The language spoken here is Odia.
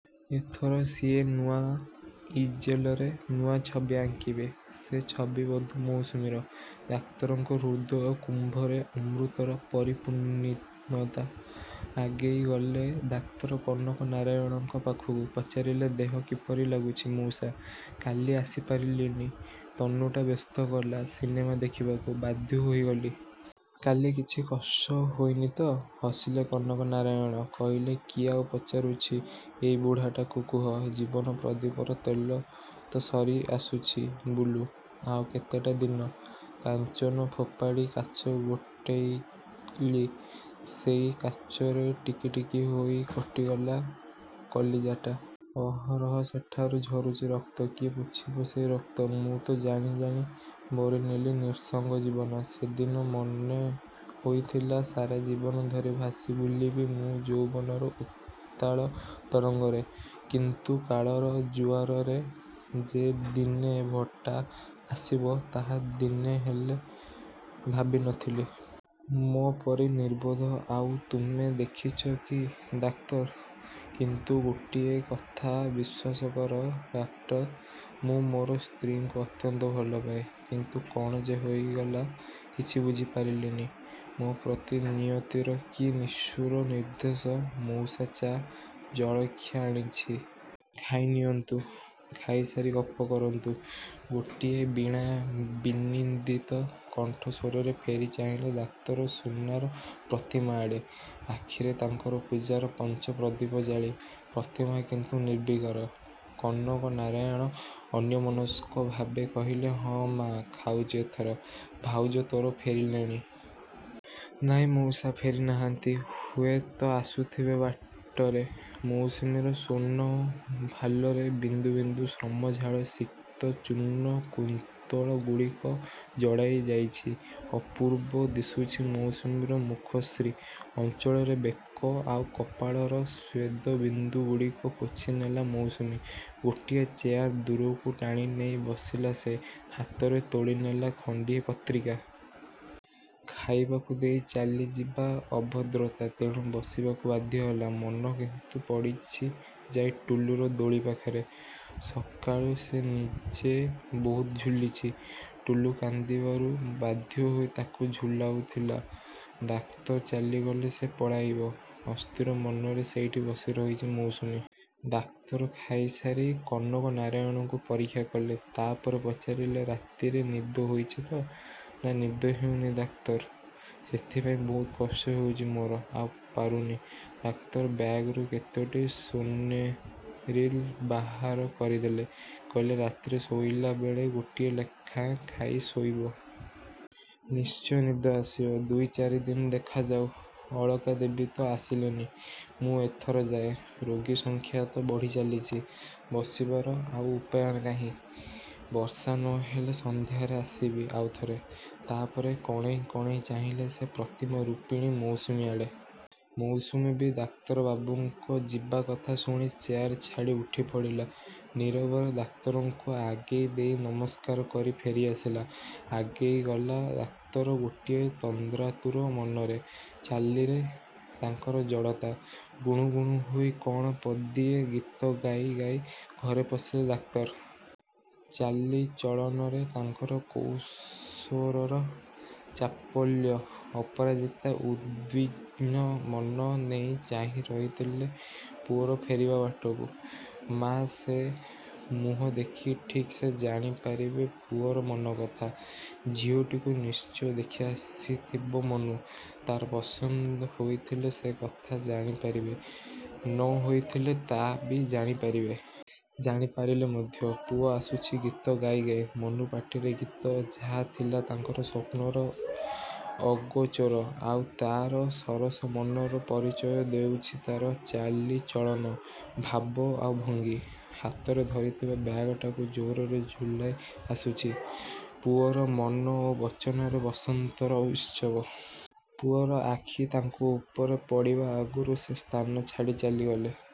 ଏଥର ସିଏ ନୂଆ ଇଜେଲରେ ନୂଆ ଛବି ଆଙ୍କିବେ। ସେ ଛବି ବଧୂ ମୌସୁମୀର। ଡାକ୍ତରଙ୍କ ହୃଦୟ-କୁମ୍ଭରେ ଅମୃତର ପରିପୂର୍ଣ୍ଣତା। ଆଗେଇଗଲେ ଡାକ୍ତର କନକ ନାରାୟଣଙ୍କ ପାଖକୁ। ପଚାରିଲେ, ଦେହ କିପରି ଲାଗୁଛି, ମଉସା? କାଲି ଆସିପାରିଲିନି, ତନୁଟା ବ୍ୟସ୍ତ କଲା ସିନେମା ଦେଖିବାକୁ। ବାଧ୍ୟ ହୋଇ ଗଲି। କାଲି କିଛି କଷ୍ଟ ହୋଇନି ତ? ହସିଲେ କନକ ନାରାୟଣ। କହିଲେ, କିଏ ଆଉ ପଚାରୁଛି ଏଇ ବୁଢ଼ାଟାକୁ, କୁହ? ଜୀବନ-ପ୍ରଦୀପର ତେଲ ତ ସରିଆସୁଛି, ବୁଲୁ। ଆଉ କେତେଟା ଦିନ! କାଞ୍ଚନ ଫୋପାଡ଼ି କାଚ ଗୋଟେଇଲି, ସେଇ କାଚରେ ଟିକି ଟିକି ହୋଇ କଟିଗଲା କଲିଜାଟା। ଅହରହ ସେଠାରୁ ଝରୁଛି ରକ୍ତ। କିଏ ପୋଛିବ ସେଇ ରକ୍ତ? ମୁଁ ତ ଜାଣିଜାଣି ବରିନେଲି ନିଃସଙ୍ଗ ଜୀବନ। ସେଦିନ ମନେହୋଇଥିଲା ସାରା ଜୀବନ ଧରି ଭାସି ବୁଲିବି ମୁଁ ଯୌବନର ଉତ୍ତାଳ ତରଙ୍ଗରେ। କିନ୍ତୁ କାଳର ଜୁଆରରେ ଯେ ଦିନେ ଭଟ୍ଟା ଆସିବ, ତାହା ଦିନେହେଲେ ଭାବିନଥିଲି। ମୋ ପରି ନିର୍ବୋଧ ଆଉ ତୁମେ ଦେଖିଛ କି, ଡାକ୍ତର? କିନ୍ତୁ ଗୋଟିଏ କଥା ବିଶ୍ୱାସ କର, ଡାକ୍ତର, ମୁଁ ମୋର ସ୍ତ୍ରୀଙ୍କୁ ଅତ୍ୟନ୍ତ ଭଲପାଏ। କିନ୍ତୁ କ'ଣ ଯେ ହୋଇଗଲା, କିଛି ବୁଝିପାରିଲିନି। ମୋ ପ୍ରତି ନିୟତିର କି ନିଷ୍ଠୁର ନିର୍ଦ୍ଦେଶ! ମଉସା, ଚା-ଜଳଖିଆ ଆଣିଛି। ଖାଇନିଅନ୍ତୁ। ଖାଇସାରି ଗପ କରନ୍ତୁ। ଗୋଟିଏ ବୀଣା-ବିନିନ୍ଦିତ କଣ୍ଠସ୍ୱରରେ ଫେରି ଚାହିଁଲେ ଡାକ୍ତର ସୁନାର ପ୍ରତିମା ଆଡ଼େ, ଆଖିରେ ତାଙ୍କର ପୂଜାର ପଞ୍ଚପ୍ରଦୀପ ଜାଳି। ପ୍ରତିମା କିନ୍ତୁ ନିର୍ବିକାର। କନକ ନାରାୟଣ ଅନ୍ୟମନସ୍କ ଭାବେ କହିଲେ, "ହଁ, ମାଆ, ଖାଉଛି ଏଥର। ଭାଉଜ ତୋର ଫେରିଲେଣି? ନାଇଁ, ମଉସା, ଫେରିନାହାନ୍ତି। ହୁଏତ ଆସୁଥିବେ ବାଟରେ। ମୌସୁମୀର ସ୍ୱର୍ଣ୍ଣଭାଲରେ ବିନ୍ଦୁ ବିନ୍ଦୁ ଶ୍ରମଝାଳ-ସିକ୍ତ ଚୂର୍ଣ୍ଣ କୁନ୍ତଳଗୁଡ଼ିକ ଜଡ଼ାଇ ଯାଇଛି। ଅପୂର୍ବ ଦିଶୁଛି ମୌସୁମୀର ମୁଖଶ୍ରୀ। ଅଞ୍ଚଳରେ ବେକ ଆଉ କପାଳର ଶ୍ୱେଦବିନ୍ଦୁଗୁଡ଼ିକ ପୋଛିନେଲା ମୌସୁମୀ। ଗୋଟିଏ ଚେୟାର ଦୂରକୁ ଟାଣିନେଇ ବସିଲା ସେ। ହାତରେ ତୋଳିନେଲା ଖଣ୍ଡିଏ ପତ୍ରିକା। ଖାଇବାକୁ ଦେଇ ଚାଲିଯିବା ଅଭଦ୍ରତା, ତେଣୁ ବସିବାକୁ ବାଧ୍ୟହେଲା। ମନ କିନ୍ତୁ ପଡ଼ିଛି ଯାଇ ଟୁଲୁର ଦୋଳି ପାଖରେ। ସକାଳୁ ସେ ନିଜେ ବହୁତ ଝୁଲିଛି। ଟୁଲୁ କାନ୍ଦିବାରୁ ବାଧ୍ୟହୋଇ ତାକୁ ଝୁଲାଉଥିଲା। ଡାକ୍ତର ଚାଲିଗଲେ ସେ ପଳାଇବ। ଅସ୍ଥିର ମନରେ ସେଇଠି ବସି ରହିଛି ମୌସୁମୀ। ଡାକ୍ତର ଖାଇସାରି କନକ ନାରାୟଣଙ୍କୁ ପରୀକ୍ଷା କଲେ। ତା'ପରେ ପଚାରିଲେ, ରାତିରେ ନିଦ ହୋଇଛି ତ? ନା, ନିଦ ହେଉନି, ଡାକ୍ତର। ସେଥିପାଇଁ ବହୁତ କଷ୍ଟ ହେଉଛି ମୋର। ଆଉ ପାରୁନି। ଡାକ୍ତର ବ୍ୟାଗରୁ କେତୋଟି 'ସୋନେରିଲ୍' ବାହାର କରିଦେଲେ। କହିଲେ, "ରାତିରେ ଶୋଇଲାବେଳେ ଗୋଟିଏ ଲେଖାଏଁ ଖାଇ ଶୋଇବ। ନିଶ୍ଚୟ ନିଦ ଆସିବ। ଦୁଇ-ଚାରିଦିନ ଦେଖାଯାଉ। ଅଳକା ଦେବୀ ତ ଆସିଲେନି, ମୁଁ ଏଥର ଯାଏ। ରୋଗୀ ସଂଖ୍ୟା ତ ବଢ଼ିଚାଲିଛି, ବସିବାର ଆଉ ଉପାୟ କାହିଁ! ବର୍ଷା ନ ହେଲେ ସନ୍ଧ୍ୟାରେ ଆସିବି ଆଉଥରେ। ତା'ପରେ କଣେଇ କଣେଇ ଚାହିଁଲେ ସେ ପ୍ରତିମା-ରୂପିଣୀ ମୌସୁମୀ ଆଡ଼େ। ମୌସୁମୀ ବି ଡାକ୍ତରବାବୁଙ୍କ ଯିବା କଥା ଶୁଣି ଚେୟାର ଛାଡ଼ି ଉଠିପଡ଼ିଲା। ନୀରବରେ ଡାକ୍ତରଙ୍କୁ ଆଗେଇ ଦେଇ ନମସ୍କାର କରି ଫେରିଆସିଲା। ଆଗେଇ ଗଲା ଡାକ୍ତର ଗୋଟିଏ ତନ୍ଦ୍ରାତୁର ମନରେ। ଚାଲିରେ ତାଙ୍କର ଜଡ଼ତା। ଗୁଣୁଗୁଣୁ ହୋଇ କ'ଣ ପଦିଏ ଗୀତ ଗାଇ ଗାଇ ଘରେ ପଶିଲେ ଡାକ୍ତର। ଚାଲିଚଳନରେ ତାଙ୍କର କୌଶୋରର ଚାପଲ୍ୟ। ଅପରାଜିତା ଉଦ୍ବିଘ୍ନ ମନ ନେଇ ଚାହିଁ ରହିଥିଲେ ପୁଅର ଫେରିବା ବାଟକୁ। ମାଆ ସେ। ମୁହଁ ଦେଖି ଠିକ୍ ସେ ଜାଣିପାରିବେ ପୁଅର ମନକଥା। ଝିଅଟିକୁ ନିଶ୍ଚୟ ଦେଖିଆସିଥିବ ମନୁ। ତା'ର ପସନ୍ଦ ହୋଇଥିଲେ ସେକଥା ଜାଣିପାରିବେ, ନ ହୋଇଥିଲେ ତା'ବି ଜାଣିପାରିବେ। ଜାଣିପାରିଲେ ମଧ୍ୟ। ପୁଅ ଆସୁଛି ଗୀତ ଗାଇ ଗାଇ। ମନୁ ପାଟିରେ ଗୀତ! ଯାହା ଥିଲା ତାଙ୍କର ସ୍ୱପ୍ନର ଅଗୋଚର। ଆଉ ତା'ର ସରସ ମନର ପରିଚୟ ଦେଉଛି ତା'ର ଚାଲିଚଳନ, ଭାବ ଆଉ ଭଙ୍ଗୀ। ହାତରେ ଧରିଥିବା ବ୍ୟାଗଟାକୁ ଜୋରରେ ଝୁଲାଇ ଆସୁଛି। ପୁଅର ମନ ଓ ବଚନରେ ବସନ୍ତର ଉତ୍ସବ। ପୁଅର ଆଖି ତାଙ୍କ ଉପରେ ପଡ଼ିବା ଆଗରୁ ସେ ସ୍ଥାନ ଛାଡ଼ି ଚାଲିଗଲେ।